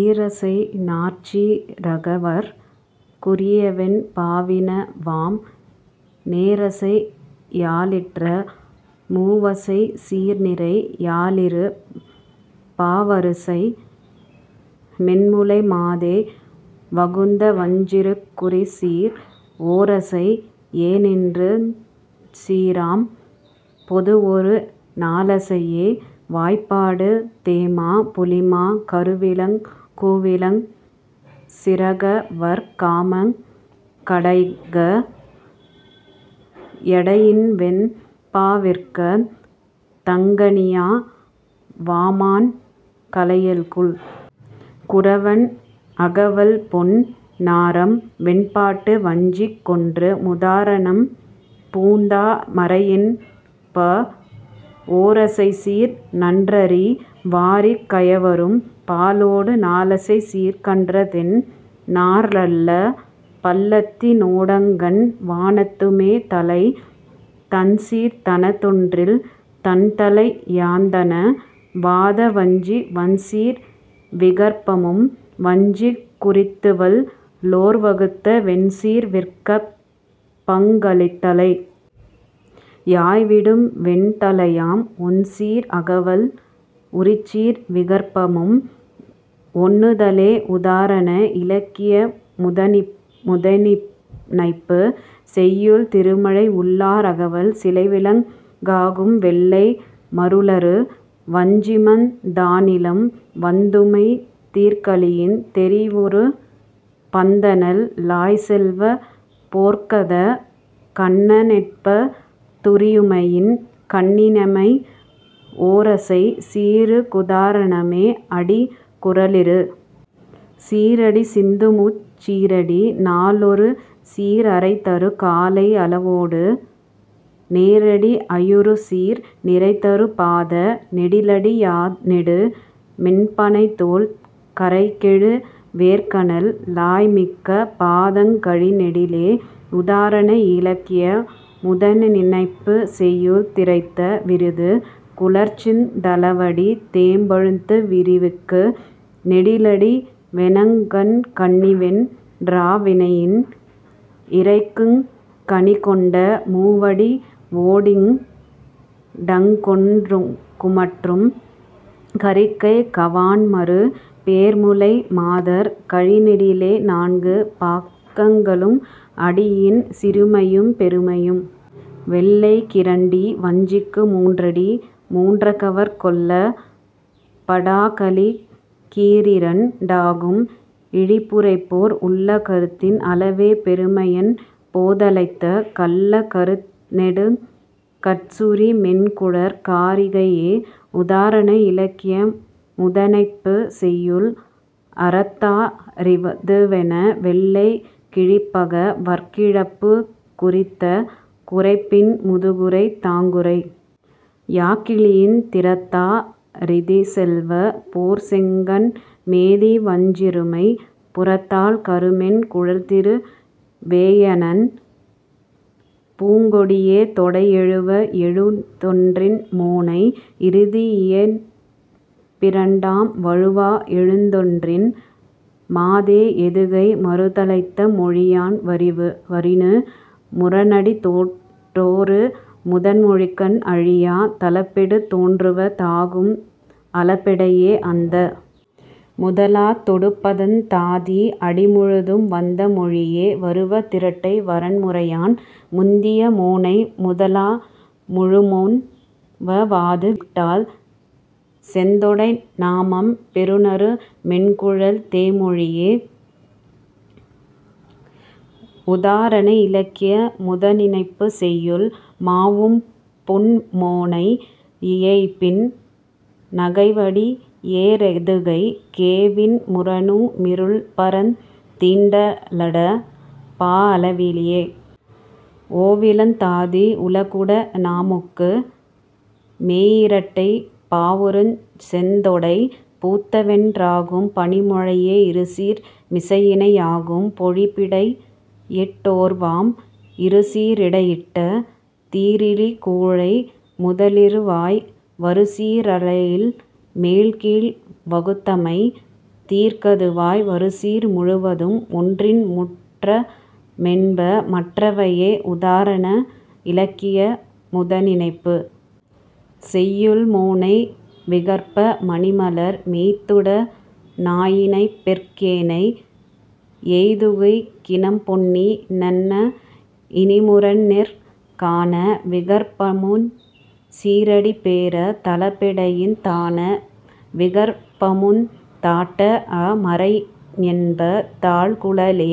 ஈரசை நாற்சீ ரகவற் குரியவெண் பாவினவாம் நேரசை யாலிற்ற மூவசைச் சீர்நிரை யாலிறுப வாரசை மென்முலை மாதே வகுத்தவஞ் சிக்குரிச்சீர் ஓரசை யேநின்றுஞ் சீராம் பொதுவொரு நாலசையே வாய்பாடு தேமா புளிமா கருவிளங் கூவிளஞ் சீரகவற் காமாங் கடைகா யடையின்வெண் பாவிற்கந் தங்கனியா வாமாண் கலையல்குல் குறவன் அகவல்பொன் னாரம்வெண் பாட்டுவஞ்சிக் கொன்று முதாரணம் பூந்தா மரையென்ப ஓரசைச்சீர் நன்றறி வாரிற் கயவரும் பாலொடு நாலசைச்சீர்க் கன்றதென் னாரள்ளற் பள்ளத்தி னோடங்கண் வானத்துமே தளை தண்சீர் தனதொன்றில் தன்தளை யாந்தண வாதவஞ்சி வண்சீர் விகற்பமும் வஞ்சிக் குரித்துவல் லோர்வகுத்த வெண்சீர் விகற்பங் கலித்தளை யாய்விடும் வெண்தளையாம் ஒண்சீர் அகவல் உரிச்சீர் விகற்பமும் ஒண்ணுதலே உதாரண இலக்கிய முதனினைப்புச் செய்யுள் திருமழை உள்ளார் அகவல் சிலைவிலங் காகும்வெள்ளை மருளறு வஞ்சிமந் தாநிலம் வந்துமை தீர்கலியின் தெரிவுறு பந்தநல் லாய்செல்வப் போர்க்கதக் கண்ணனென்ப துரிமையின் கண்ணின்மை ஓரசைச் சீருக் குதாரணமே அடி குறளிரு சீரடி சிந்துமுச் சீரடி நாலொருசீர் அறைதரு காலை அளவொடு நேரடி ஐயருசீர் நிறைதரு பாத நெடிலடி யாநெடு மென்பணைத்தோள் கறைகெழு வேற்கணல் லாய்மிக்க பாதங் கழிநெடிலே உதாரண இலக்கிய முதனினைப்புச் செய்யுள் திரைத்த விருது குறள்சிந் தளவடி தேம்பழுத்து விரிக்கு நெடிலடி வேனெடுங் கண்ணிவென் றான்வினையின் இரைக்குங் கணிகொண்ட மூவடி வோடிடங் கொங்குமற்றும் கரிக்கைக் கவான்மருப் பேர்முலை மாதர் கழிநெடிலே நான்கு பாக்களுக்கும் அடியின் சிறுமையும் பெருமையும். வெள்ளைக் கிரண்டடி வஞ்சிக்கு மூன்றடி மூன்றகவற் கெள்ளப் படாகலிக் கீரிரண் டாகும் இழிபுரைப்போர் உள்ளக் கருத்தின் அளவே பெருமையண் போதலைத்த கள்ளக் கருநெடுங் கட்சுரி மென்குழற் காரிகையே உதாரண இலக்கிய முதனினைப்புச் செய்யுள் அறத்தா றிதுவென வெள்ளைக் கிழிபக வற்கிழிபு குறித்தங் குரைப்பின் முதுகுறைந் தாங்குறை யாக்கலியின் திறத்தா றிதுசெல்வப் போர்ச்செங்கண் மேதிவஞ் சிச்சிறுமை புறத்தாழ் கருமென் குழல்திரு வேயன்ன பூங்கொடியே தொடை எழுவா யெழுத்தொன்றின் மோனை இறுதி இயைபிரண்டாம் வழுவா எழுத்தொன்றின் மாதே எதுகை மறுதலைத்த மொழியான் வரினு முரணடி தோறு முதன்மொழிக்கண் அழியா தளபெடுத் தொன்றுவ தாகும் அளபெடையே அந்த முதலாத் தொடுப்பதந் தாதி அடிமுழுதும் வந்த மொழியே வருவ திரட்டை வரன்முறையான் முந்திய மோனை முதலா முழுதுமொவ் வாதுவிட்டால் செந்தொடை நாமம் பெறுநறு மென்குழல் தேமொழியே உதாரண இலக்கிய முதனினைப்புச் செய்யுள் மாவும்புண் மோனை யியைபின் னகைவடி யேரெதுகைக் கேவின் முரணு மிருள்பரந் தீண்டள பாஅவளிய ஓவிலந் தாதி உலகுட னாமொக்கு மேயிரட்டை பாவருஞ் செந்தொடை பூத்தவென் றாகும் பணிமொழியே இருசீர் மிசையிணை யாகும் பொழிப்பிடை யிட்டொருவாம் இருசீ ரிடையிட்ட தீறிலி கூழை முதலிறுவாய் வருசீ ரயலில் மேல்கீழ் வகுத்தமை தீர்கதுவாய் வருசீர் முழுவதும் ஒன்றின்முற் றாமென்ப மற்றவையே உதாரண இலக்கிய முதனினைப்புச் செய்யுள் மோனை விகற்ப மணிமலர் மொய்த்துட னாமியைபிற் கேனை யெதுகைக் கினம்பொன்னி னன்ன இனிமுரனிற் கான விகற்பமுஞ் சீறடிப்பேர தளபெடையின் தான விகற்பமுந் தாட்டாஅ மரையென்ப தாழ்குழலே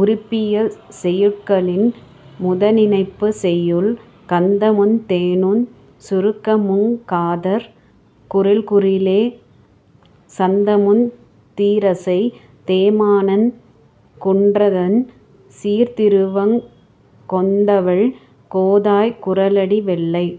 உறுப்பியல் செய்யுட்களின் முதனினைப்புச் செய்யுள் கந்தமுந் தேனுஞ் சுருக்கமுங் காதற் குறில்குறிலே சந்தமுந் தீரசை தேமாத்தண் குன்றந்தண் சீர்திருவுங் கொந்தவிழ் கோதாய் குறளடி வெள்ளைக்